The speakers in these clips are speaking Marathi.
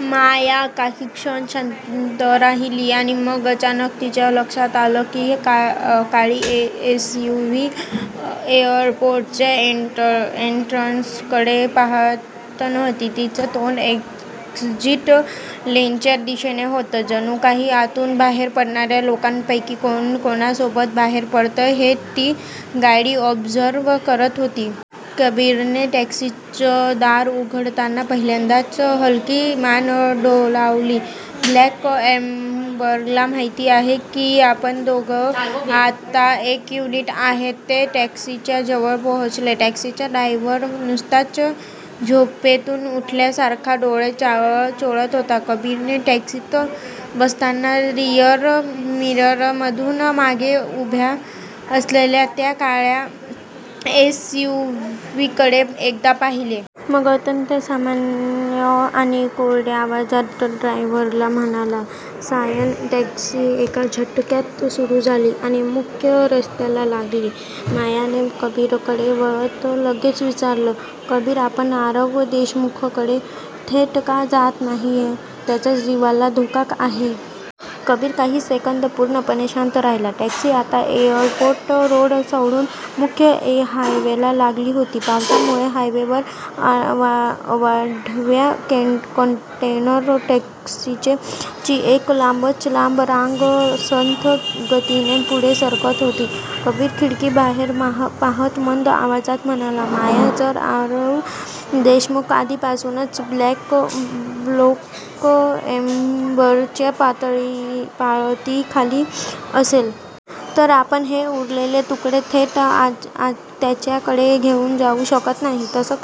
माया काही क्षण शांत राहिली, आणि मग अचानक तिच्या लक्षात आलं, ती काळी एसयूव्ही एअरपोर्टच्या एंट्रन्सकडे पाहत नव्हती. तिचं तोंड एक्झिट लेनच्या दिशेने होतं. जणू काही आतून बाहेर पडणाऱ्या लोकांपैकी कोण कोणासोबत बाहेर पडतंय, हे ती गाडी ऑब्झर्व्ह करत होती. कबीरने टॅक्सीचं दार उघडताना पहिल्यांदाच हलकी मान डोलावली. ब्लॅक एम्बरला माहिती आहे की, आपण दोघं आता एक युनिट आहोत. " ते टॅक्सीच्या जवळ पोहोचले. टॅक्सीचा ड्रायव्हर नुकताच झोपेतून उठल्यासारखा डोळे चोळत होता. कबीरने टॅक्सीत बसताना रिअर मिररमधून मागे उभ्या असलेल्या त्या काळ्या एसयूव्हीकडे एकदा पाहिलं. मग अत्यंत सामान्य आणि कोरड्या आवाजात ड्रायव्हरला म्हणाला, "सायन. " टॅक्सी एका झटक्यात सुरू झाली आणि मुख्य रस्त्याला लागली. मायाने कबीरकडे वळत लगेच विचारलं, "कबीर, आपण आरव देशमुखकडे थेट का जात नाहीये? त्याच्या जीवाला धोका आहे! " कबीर काही सेकंद पूर्णपणे शांत राहिला. टॅक्सी आता एअरपोर्ट रोड सोडून मुख्य हायवेला लागली होती. पावसामुळे हायवेवर अवाढव्य कंटेनर ट्रक्सची एक लांबच लांब रांग संथ गतीने पुढे सरकत होती. कबीर खिडकीबाहेर पाहत मंद आवाजात म्हणाला, "माया, जर आरव देशमुख आधीपासूनच ब्लॅक एम्बरच्या पाळतीखाली असेल. तर आपण हे उरलेले तुकडे थेट त्याच्याकडे घेऊन जाऊ शकत नाही. तसं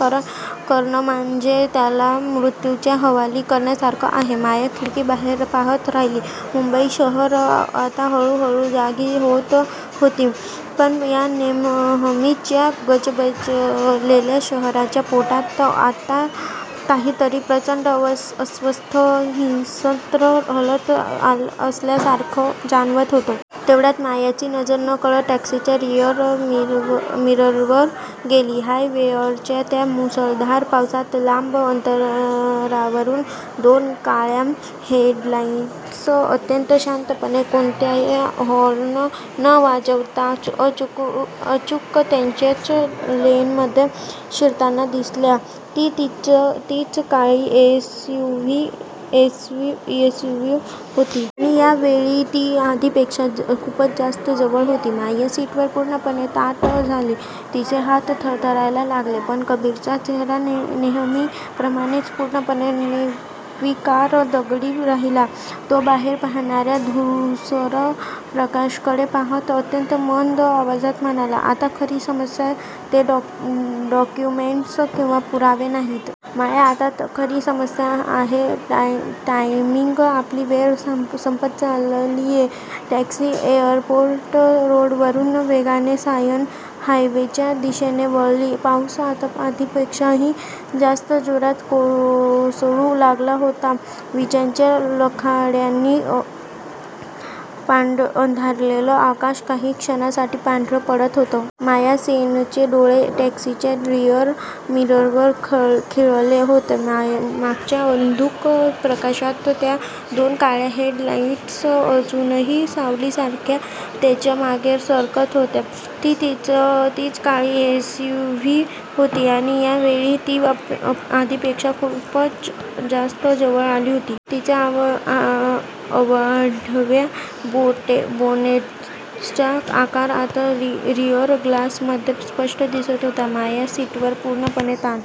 करणं म्हणजे त्याला मृत्यूच्या हवाली करण्यासारखं आहे. " माया खिडकीबाहेर पाहत राहिली. मुंबई शहर आता हळूहळू जागी होत होती. पण या नेहमीच्या गजबजलेल्या शहराच्या पोटात आत्ता काहीतरी प्रचंड अस्वस्थ, हिंस्त्र हलत असल्यासारखं जाणवत होतं. तेवढ्यात, मायाची नजर नकळत टॅक्सीच्या रिअर मिररवर गेली. हायवेवरच्या त्या मुसळधार पावसात, लांब अंतरावरून दोन काळ्या हेडलाईट्स अत्यंत शांतपणे, कोणताही हॉर्न न वाजवता अचूक त्यांच्याच लेनमध्ये शिरताना दिसल्या. ती तीच काळी एसयूव्ही होती. आणि यावेळी ती आधीपेक्षा खूपच जास्त जवळ होती. माया सीटवर पूर्णपणे ताठ झाली, तिचे हात थरथरायला लागले. पण कबीरचा चेहरा नेहमीप्रमाणेच पूर्णपणे निर्विकार, दगडी राहिला. तो बाहेर पडणाऱ्या धूसर प्रकाशाकडे पाहत अत्यंत मंद आवाजात म्हणाला, "आता खरी समस्या ते डॉक्युमेंट्स किंवा पुरावे नाहीत. माया, आता खरी समस्या आहे टायमिंग आपली वेळ संपत चाललीये. " टॅक्सी एअरपोर्ट रोडवरून वेगाने सायन हायवेच्या दिशेने वळली. पाऊस आता आधीपेक्षाही जास्त जोरात कोसळू लागला होता. विजांच्या लखाट्यांनी अंधारलेलं आकाश काही क्षणांसाठी पांढरं पडत होतं. माया सेनचे डोळे टॅक्सीच्या रिअर मिररवर खिळले होते. मागच्या अंधुक प्रकाशात त्या दोन काळ्या हेडलाईट्स अजूनही सावलीसारख्या त्यांच्या मागे सरकत होत्या. ती तीच काळी एसयूव्ही होती. आणि या वेळी, ती आधीपेक्षा खूपच जास्त जवळ आली होती. तिच्या अवाढव्य बोनेटचा आकार आता रिअर ग्लासमध्ये स्पष्ट दिसत होता. माया सीटवर पूर्णपणे ताठ--